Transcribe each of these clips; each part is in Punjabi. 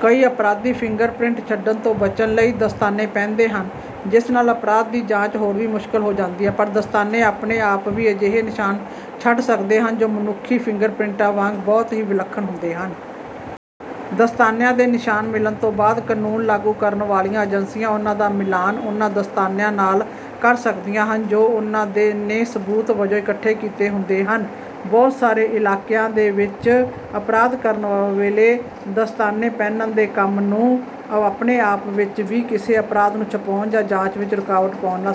ਕਈ ਅਪਰਾਧੀ ਫਿੰਗਰਪ੍ਰਿੰਟ ਛੱਡਣ ਤੋਂ ਬਚਣ ਲਈ ਦਸਤਾਨੇ ਪਹਿਨਦੇ ਹਨ, ਜਿਸ ਨਾਲ ਅਪਰਾਧ ਦੀ ਜਾਂਚ ਹੋਰ ਵੀ ਮੁਸ਼ਕਲ ਹੋ ਜਾਂਦੀ ਹੈ। ਪਰ ਦਸਤਾਨੇ ਆਪਣੇ ਆਪ ਵੀ ਅਜਿਹੇ ਨਿਸ਼ਾਨ ਛੱਡ ਸਕਦੇ ਹਨ, ਜੋ ਮਨੁੱਖੀ ਫਿੰਗਰਪ੍ਰਿੰਟਾਂ ਵਾਂਗ ਬਹੁਤ ਹੀ ਵਿਲੱਖਣ ਹੁੰਦੇ ਹਨ। ਦਸਤਾਨਿਆਂ ਦੇ ਨਿਸ਼ਾਨ ਮਿਲਣ ਤੋਂ ਬਾਅਦ, ਕਾਨੂੰਨ ਲਾਗੂ ਕਰਨ ਵਾਲੀਆਂ ਏਜੰਸੀਆਂ ਉਨ੍ਹਾਂ ਦਾ ਮਿਲਾਨ ਉਨ੍ਹਾਂ ਦਸਤਾਨਿਆਂ ਨਾਲ ਕਰ ਸਕਦੀਆਂ ਹਨ, ਜੋ ਉਨ੍ਹਾਂ ਨੇ ਸਬੂਤ ਵਜੋਂ ਇਕੱਠੇ ਕੀਤੇ ਹੁੰਦੇ ਹਨ। ਬਹੁਤ ਸਾਰੇ ਇਲਾਕਿਆਂ ਵਿੱਚ ਅਪਰਾਧ ਕਰਨ ਵੇਲੇ ਦਸਤਾਨੇ ਪਹਿਨਣ ਦੇ ਕੰਮ ਨੂੰ ਆਪਣੇ ਆਪ ਵਿੱਚ ਵੀ ਕਿਸੇ ਅਪਰਾਧ ਨੂੰ ਛੁਪਾਉਣ ਜਾਂ ਜਾਂਚ ਵਿੱਚ ਰੁਕਾਵਟ ਪਾਉਣ ਨਾਲ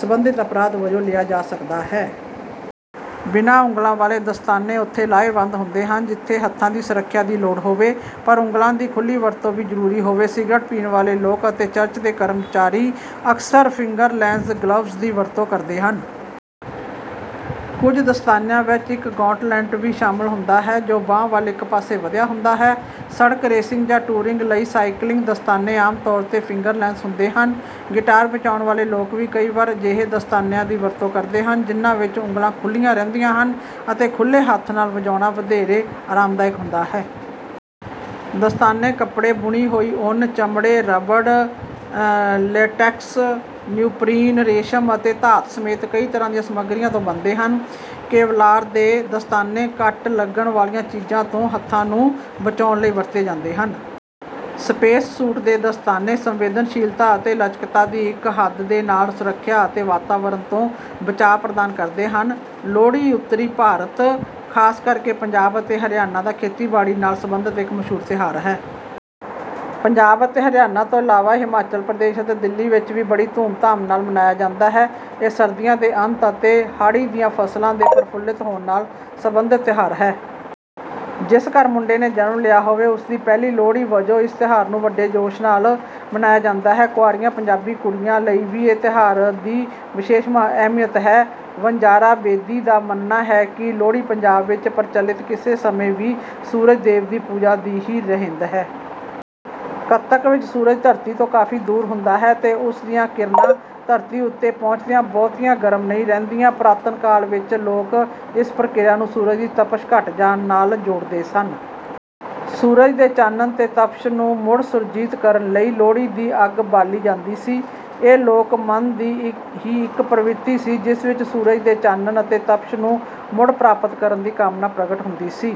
ਸਬੰਧਤ ਅਪਰਾਧ ਵਜੋਂ ਲਿਆ ਜਾ ਸਕਦਾ ਹੈ। ਬਿਨਾਂ ਉਂਗਲਾਂ ਵਾਲੇ ਦਸਤਾਨੇ ਉੱਥੇ ਲਾਹੇਵੰਦ ਹੁੰਦੇ ਹਨ, ਜਿੱਥੇ ਹੱਥਾਂ ਦੀ ਸੁਰੱਖਿਆ ਦੀ ਲੋੜ ਹੋਵੇ, ਪਰ ਉਂਗਲਾਂ ਦੀ ਖੁੱਲ੍ਹੀ ਵਰਤੋਂ ਵੀ ਜ਼ਰੂਰੀ ਹੋਵੇ। ਸਿਗਰਟ ਪੀਣ ਵਾਲੇ ਲੋਕ ਅਤੇ ਚਰਚ ਦੇ ਕੁਝ ਕਰਮਚਾਰੀ ਅਕਸਰ ਫਿੰਗਰਲੈੱਸ ਗਲਵਜ਼ ਦੀ ਵਰਤੋਂ ਕਰਦੇ ਹਨ। ਕੁਝ ਦਸਤਾਨਿਆਂ ਵਿੱਚ ਇੱਕ ਗੌਂਟਲੈੱਟ ਵੀ ਸ਼ਾਮਲ ਹੁੰਦਾ ਹੈ, ਜੋ ਬਾਂਹ ਵੱਲ ਇੱਕ ਪਾਸੇ ਵਧਿਆ ਹੁੰਦਾ ਹੈ। ਸੜਕ-ਰੇਸਿੰਗ ਜਾਂ ਟੂਰਿੰਗ ਲਈ ਸਾਈਕਲਿੰਗ ਦਸਤਾਨੇ ਆਮ ਤੌਰ ’ਤੇ ਫਿੰਗਰਲੈੱਸ ਹੁੰਦੇ ਹਨ। ਗਿਟਾਰ ਵਜਾਉਣ ਵਾਲੇ ਲੋਕ ਵੀ ਕਈ ਵਾਰ ਅਜਿਹੇ ਦਸਤਾਨਿਆਂ ਦੀ ਵਰਤੋਂ ਕਰਦੇ ਹਨ, ਜਿਨ੍ਹਾਂ ਵਿੱਚ ਉਂਗਲਾਂ ਖੁੱਲ੍ਹੀਆਂ ਰਹਿੰਦੀਆਂ ਹਨ ਅਤੇ ਖੁੱਲ੍ਹੇ ਹੱਥ ਨਾਲ ਵਜਾਉਣਾ ਵਧੇਰੇ ਆਰਾਮਦਾਇਕ ਹੁੰਦਾ ਹੈ। ਦਸਤਾਨੇ ਕੱਪੜੇ, ਬੁਣੀ ਹੋਈ ਉੱਨ, ਚਮੜੇ, ਰਬੜ, ਲੈਟੇਕਸ, ਨਿਓਪਰੀਨ, ਰੇਸ਼ਮ ਅਤੇ ਧਾਤ ਸਮੇਤ ਕਈ ਤਰ੍ਹਾਂ ਦੀਆਂ ਸਮੱਗਰੀਆਂ ਤੋਂ ਬਣਦੇ ਹਨ। ਕੇਵਲਾਰ ਦੇ ਦਸਤਾਨੇ ਕੱਟ ਲੱਗਣ ਵਾਲੀਆਂ ਚੀਜ਼ਾਂ ਤੋਂ ਹੱਥਾਂ ਨੂੰ ਬਚਾਉਣ ਲਈ ਵਰਤੇ ਜਾਂਦੇ ਹਨ। ਸਪੇਸ-ਸੂਟ ਦੇ ਦਸਤਾਨੇ ਸੰਵੇਦਨਸ਼ੀਲਤਾ ਅਤੇ ਲਚਕਤਾ ਦੀ ਇੱਕ ਹੱਦ ਦੇ ਨਾਲ ਸੁਰੱਖਿਆ ਅਤੇ ਵਾਤਾਵਰਣ ਤੋਂ ਬਚਾਅ ਪ੍ਰਦਾਨ ਕਰਦੇ ਹਨ। ਲੋਹੜੀ ਉੱਤਰੀ ਭਾਰਤ, ਖ਼ਾਸ ਕਰਕੇ ਪੰਜਾਬ ਅਤੇ ਹਰਿਆਣਾ ਦਾ ਖੇਤੀਬਾੜੀ ਨਾਲ ਸਬੰਧਤ ਇੱਕ ਮਸ਼ਹੂਰ ਤਿਉਹਾਰ ਹੈ। ਪੰਜਾਬ ਅਤੇ ਹਰਿਆਣਾ ਤੋਂ ਇਲਾਵਾ ਇਹ ਹਿਮਾਚਲ ਪ੍ਰਦੇਸ਼ ਅਤੇ ਦਿੱਲੀ ਵਿੱਚ ਵੀ ਬੜੀ ਧੂਮ-ਧਾਮ ਨਾਲ ਮਨਾਇਆ ਜਾਂਦਾ ਹੈ। ਇਹ ਸਰਦੀਆਂ ਦੇ ਅੰਤ ਅਤੇ ਹਾੜ੍ਹੀ ਦੀਆਂ ਫ਼ਸਲਾਂ ਦੇ ਪ੍ਰਫੁੱਲਤ ਹੋਣ ਨਾਲ ਸਬੰਧਤ ਤਿਉਹਾਰ ਹੈ। ਜਿਸ ਘਰ ਮੁੰਡੇ ਨੇ ਜਨਮ ਲਿਆ ਹੋਵੇ, ਉਸ ਦੀ ਪਹਿਲੀ ਲੋਹੜੀ ਵਜੋਂ ਇਸ ਤਿਉਹਾਰ ਨੂੰ ਵੱਡੇ ਜੋਸ਼ ਨਾਲ ਮਨਾਇਆ ਜਾਂਦਾ ਹੈ। ਕੁਆਰੀਆਂ ਪੰਜਾਬੀ ਕੁੜੀਆਂ ਲਈ ਵੀ ਇਸ ਤਿਉਹਾਰ ਦੀ ਵਿਸ਼ੇਸ਼ ਅਹਿਮੀਅਤ ਹੈ। ਵਣਜਾਰਾ ਬੇਦੀ ਦਾ ਮੰਨਣਾ ਹੈ ਕਿ “ਲੋਹੜੀ ਪੰਜਾਬ ਵਿੱਚ ਪ੍ਰਚੱਲਿਤ ਕਿਸੇ ਸਮੇਂ ਦੀ ਸੂਰਜ-ਦੇਵ ਦੀ ਪੂਜਾ ਦੀ ਹੀ ਰਹਿੰਦ ਹੈ। ਕੱਤਕ ਵਿੱਚ ਸੂਰਜ ਧਰਤੀ ਤੋਂ ਕਾਫ਼ੀ ਦੂਰ ਹੁੰਦਾ ਹੈ ਤੇ ਉਸ ਦੀਆਂ ਕਿਰਨਾਂ ਧਰਤੀ ਉੱਤੇ ਪਹੁੰਚਦਿਆਂ ਬਹੁਤੀਆਂ ਗਰਮ ਨਹੀਂ ਰਹਿੰਦੀਆਂ। ਪੁਰਾਤਨ ਕਾਲ ਵਿੱਚ ਲੋਕ ਇਸ ਪ੍ਰਕਿਰਿਆ ਨੂੰ ਸੂਰਜ ਦੀ ਤਪਸ਼ ਘਟ ਜਾਣ ਨਾਲ ਜੋੜਦੇ ਸਨ। ਸੂਰਜ ਦੇ ਚਾਨਣ ਤੇ ਤਪਸ਼ ਨੂੰ ਮੁੜ ਸੁਰਜੀਤ ਕਰਨ ਲਈ ਲੋਹੜੀ ਦੀ ਅੱਗ ਬਾਲੀ ਜਾਂਦੀ ਸੀ। ਇਹ ਲੋਕ-ਮਨ ਦੀ ਹੀ ਇੱਕ ਪ੍ਰਵਿਰਤੀ ਸੀ, ਜਿਸ ਵਿੱਚ ਸੂਰਜ ਦੇ ਚਾਨਣ ਅਤੇ ਤਪਸ਼ ਨੂੰ ਮੁੜ ਪ੍ਰਾਪਤ ਕਰਨ ਦੀ ਕਾਮਨਾ ਪ੍ਰਗਟ ਹੁੰਦੀ ਸੀ।”